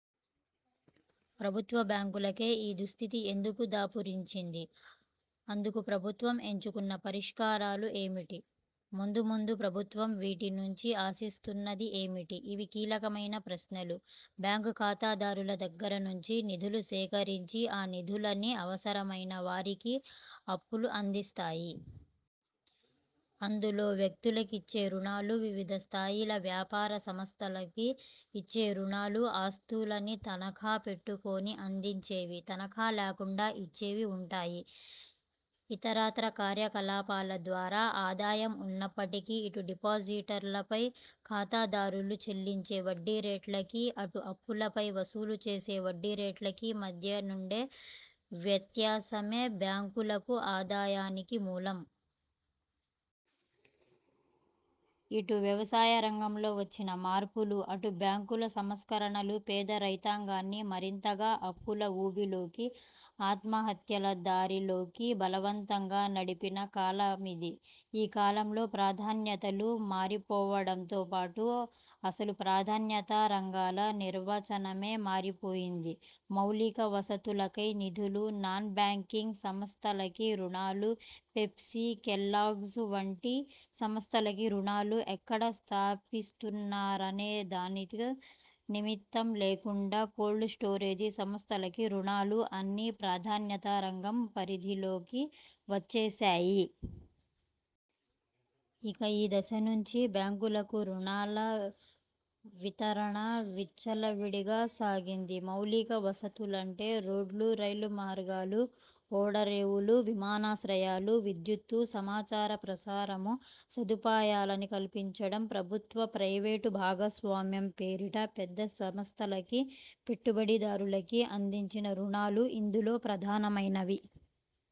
ప్రభుత్వ బ్యాంకులకే ఈ దుస్థితి ఎందుకు దాపురించింది? అందుకు ప్రభుత్వం ఎంచుకున్న పరిష్కారాలు ఏమిటి? ముందు, ముందు ప్రభుత్వం వీటి నుంచి ఆశిస్తున్నది ఏమిటి? ఇవి కీలకమైన ప్రశ్నలు. బ్యాంకులు ఖాతాదారుల దగ్గర నుంచి నిధులు సేకరించి, ఆ నిధులని అవసరమైన వారికి అప్పులు అందిస్తాయి. అందులో, వ్యక్తులకి ఇచ్చే రుణాలు, వివిధ స్థాయిల వ్యాపారసంస్థలకి ఇచ్చే రుణాలు, ఆస్తులని తనఖా పెట్టుకుని అందించేవి, తనఖా లేకుండా ఇచ్చేవి వుంటాయి. ఇతరత్రా కార్యకలాపాల ద్వారా ఆదాయం ఉన్నప్పటికీ, ఇటు డిపాజిట్లపై ఖాతాదారులకి చెల్లించే వడ్డీరేట్లకీ, అటు అప్పులపై వసూలు చేసే వడ్డీ రేట్లకీ మధ్యనుండే వ్యత్యాసమే బ్యాంకుల ఆదాయానికి మూలం. ఇటు వ్యవసాయరంగంలో వచ్చిన మార్పులు, అటు బ్యాంకుల సంస్కరణలు పేద రైతాంగాన్ని మరింతగా అప్పుల ఊబిలోకి, ఆత్మహత్యల దారిలోకి బలవంతంగా నడిపిన కాలమిది. ఈ కాలంలో ప్రాధాన్యతలు మారిపోవడంతో పాటు, అసలు 'ప్రాధాన్యతా రంగాల' నిర్వచనమే మారిపోయింది. మౌలిక వసతులకై నిధులు, నాన్ బ్యాంకింగ్ సంస్థలకి రుణాలు, పెప్సీ, కెల్లాగ్స్ వంటి సంస్థలకి రుణాలు, ఎక్కడ స్థాపిస్తున్నారనే దానితో నిమిత్తం లేకుండా కోల్డ్ స్టోరేజీ సంస్థలకి రుణాలు అన్నీ 'ప్రాధాన్యతా రంగం' పరిధిలోకి వచ్చేశాయి! ఇక ఈ దశ నుంచి, బ్యాంకుల రుణాల వితరణ విచ్చలవిడిగా సాగింది. మౌలిక వసతులు అంటే – రోడ్లు, రైలు మార్గాలు, ఓడరేవులు, విమానాశ్రయాలు, విద్యుత్తు, సమాచార ప్రసారం సదుపాయాలని కల్పించడంలో – ప్రభుత్వ, ప్రైవేటు భాగస్వామ్యం పేరిట పెద్ద సంస్థలకీ, పెట్టుబడిదారులకీ అందించిన రుణాలు ఇందులో ప్రధానమైనవి.